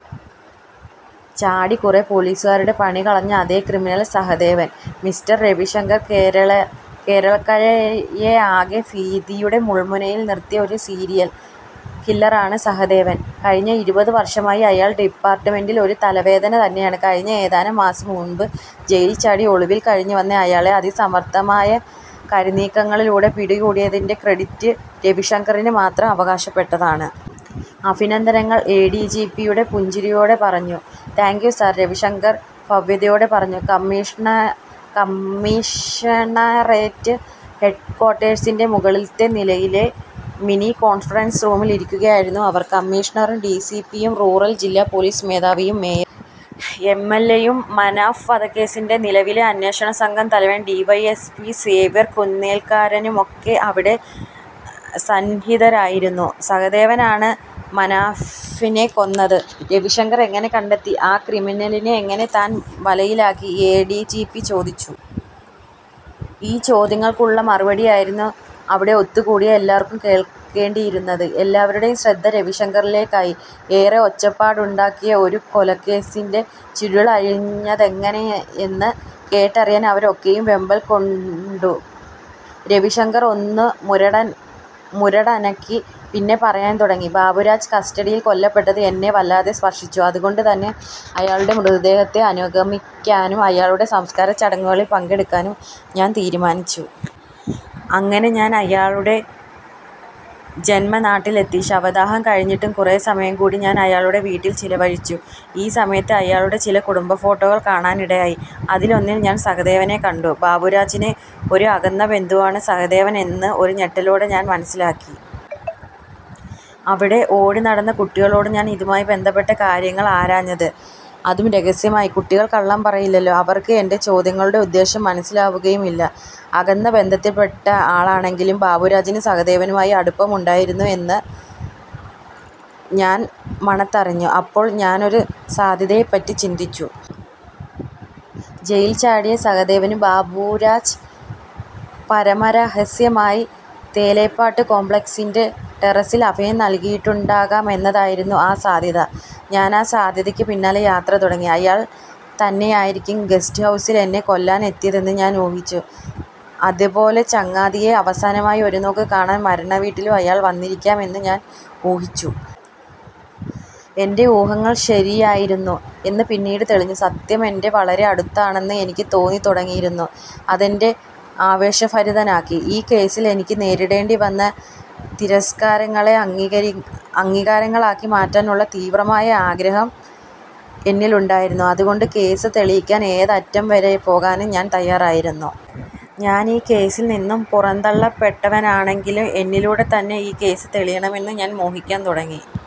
ചാടി കുറെ പൊലീസുകാരുടെ പണി കളഞ്ഞ അതേ ക്രിമിനൽ. സഹദേവൻ....! " "മിസ്റ്റർ രവിശങ്കർ, കേരളക്കരയെയാകെ ഭീതിയുടെ മുൾമുനയിൽ നിർത്തിയ ഒരു സീരിയൽ കില്ലറാണ് സഹദേവൻ. കഴിഞ്ഞ ഇരുപത് വർഷമായി അയാൾ ഡിപ്പാർട്മെന്റിന് ഒരു തലവേദന തന്നെയാണ്. കഴിഞ്ഞ ഏതാനും മാസം മുൻപ് ജയിൽ ചാടി ഒളിവിൽ കഴിഞ്ഞു വന്ന അയാളെ അതിസമർത്ഥമായ കരുനീക്കങ്ങളിലൂടെ പിടികൂടിയതിന്റെ ക്രെഡിറ്റ് രവിശങ്കറിന് മാത്രം അവകാശപ്പെട്ടതാണ്. അഭിനന്ദനങ്ങൾ! " എ. ഡി. ജി. പി പുഞ്ചിരിയോടെ പറഞ്ഞു. "താങ്ക്യൂ സർ... " രവിശങ്കർ ഭവ്യതയോടെ പറഞ്ഞു. കമ്മീഷണറേറ്റ് ഹെഡ് ക്വാർട്ടേഴ്സിലെ മുകളിലെ നിലയിലെ മിനി കോൺഫറൻസ് റൂമിൽ ഇരിക്കുകയായിരുന്നു അവർ. കമ്മീഷണറും, ഡി. സി. പിയും, റൂറൽ ജില്ലാ പോലീസ് മേധാവിയും, മേയറും. എം. എൽ. എയും, മനാഫ് വധക്കേസിന്റെ നിലവിലെ അന്വേഷണ സംഘം തലവൻ D. Y. S. P Xavier കുന്നേൽക്കാരനുമൊക്കെ അവിടെ സന്നിഹിതരായിരുന്നു. "സഹദേവനാണ് മനാഫിനെ കൊന്നതെന്ന് രവിശങ്കർ എങ്ങനെ കണ്ടെത്തി? ആ ക്രിമിനലിനെ എങ്ങനെ താൻ വലയിലാക്കി? " എ. ഡി. ജി. പി ചോദിച്ചു. ഈ ചോദ്യങ്ങൾക്കുള്ള മറുപടിയായിരുന്നു അവിടെ ഒത്തുകൂടിയ എല്ലാവർക്കും കേൾക്കേണ്ടിയിരുന്നത്. എല്ലാവരുടേയും ശ്രദ്ധ രവിശങ്കറിലേക്കായി. ഏറെ ഒച്ചപ്പാടുണ്ടാക്കിയ ഒരു കൊലക്കേസിന്റെ ചുരുളഴിഞ്ഞതെങ്ങനെയെന്ന് കേട്ടറിയാൻ അവരൊക്കെയും വെമ്പൽ കൊണ്ടു. രവിശങ്കർ ഒന്ന് മുരടനക്കി. പിന്നെ പറയാൻ തുടങ്ങി: "ബാബുരാജ് കസ്റ്റഡിയിൽ കൊല്ലപ്പെട്ടത് എന്നെ വല്ലാതെ സ്പർശിച്ചു. അതുകൊണ്ട് തന്നെ അയാളുടെ മൃതദേഹത്തെ അനുഗമിക്കാനും അയാളുടെ സംസ്ക്കാരച്ചടങ്ങുകളിൽ പങ്കെടുക്കാനും ഞാൻ തീരുമാനിച്ചു. അങ്ങനെ ഞാൻ അയാളുടെ ജന്മനാട്ടിലെത്തി. ശവദാഹം കഴിഞ്ഞിട്ടും കുറെ സമയം കൂടി ഞാൻ അയാളുടെ വീട്ടിൽ ചിലവഴിച്ചു. ഈ സമയത്ത് അയാളുടെ ചില കുടുംബ ഫോട്ടോകൾ കാണാനിടയായി. അതിലൊന്നിൽ ഞാൻ സഹദേവനെ കണ്ടു! ബാബുരാജിന്റെ ഒരു അകന്ന ബന്ധുവാണ് സഹദേവൻ എന്ന് ഒരു ഞെട്ടലോടെ ഞാൻ മനസ്സിലാക്കി. അവിടെ ഓടി നടന്ന കുട്ടികളോട് ഞാൻ ഇതുമായി ബന്ധപ്പെട്ട കാര്യങ്ങൾ ആരാഞ്ഞത്. അതും രഹസ്യമായി. കുട്ടികൾ കള്ളം പറയില്ലല്ലോ. അവർക്ക് എന്റെ ചോദ്യങ്ങളുടെ ഉദ്ദേശ്യം മനസ്സിലാവുകയുമില്ല. അകന്ന ബന്ധത്തിൽപ്പെട്ട ആളാണെങ്കിലും ബാബുരാജിന് സഹദേവനുമായി അടുപ്പമുണ്ടായിരുന്നു എന്ന് ഞാൻ മണത്തറിഞ്ഞു. അപ്പോൾ ഞാൻ ഒരു സാധ്യതയെപ്പറ്റി ചിന്തിച്ചു. ജയിൽ ചാടിയ സഹദേവന് ബാബുരാജ് പരമരഹസ്യമായി 'തേലേപ്പാട്ട് കോംപ്ലക്സി'ന്റെ ടെറസിൽ അഭയം നൽകിയിട്ടുണ്ടാകാം എന്നതായിരുന്നു ആ സാധ്യത. ഞാൻ ആ സാധ്യതക്ക് പിന്നാലെ യാത്ര തുടങ്ങി. അയാൾ തന്നെയായിരിക്കും ഗസ്റ്റ് ഹൌസിൽ എന്നെ കൊല്ലാൻ എത്തിയതെന്ന് ഞാൻ ഊഹിച്ചു. അതുപോലെ ചങ്ങാതിയെ അവസാനമായി ഒരു നോക്ക് കാണാൻ മരണവീട്ടിലും അയാൾ വന്നിരിക്കാം എന്നും ഞാൻ ഊഹിച്ചു. എന്റെ ഊഹങ്ങൾ ശരിയായിരുന്നു എന്ന് പിന്നീട് തെളിഞ്ഞു. സത്യം എന്റെ വളരെ അടുത്താണെന്ന് എനിക്ക് തോന്നിത്തുടങ്ങിയിരുന്നു. അതെന്നെ ആവേശഭരിതനാക്കി. ഈ കേസിൽ എനിക്ക് നേരിടേണ്ടി വന്ന തിരസ്ക്കാരങ്ങളെ അംഗീകാരങ്ങളാക്കി മാറ്റാനുള്ള തീവ്രമായ ആഗ്രഹം എന്നിലുണ്ടായിരുന്നു. അതുകൊണ്ട് കേസ് തെളിയിക്കാൻ ഏതറ്റം വരെ പോകാനും ഞാൻ തയ്യാറായിരുന്നു. ഞാൻ ഈ കേസിൽ നിന്നും പുറന്തള്ളപ്പെട്ടവനാണെങ്കിലും എന്നിലൂടെത്തന്നെ ഈ കേസ് തെളിയണമെന്ന് ഞാൻ മോഹിക്കാൻ തുടങ്ങി. "।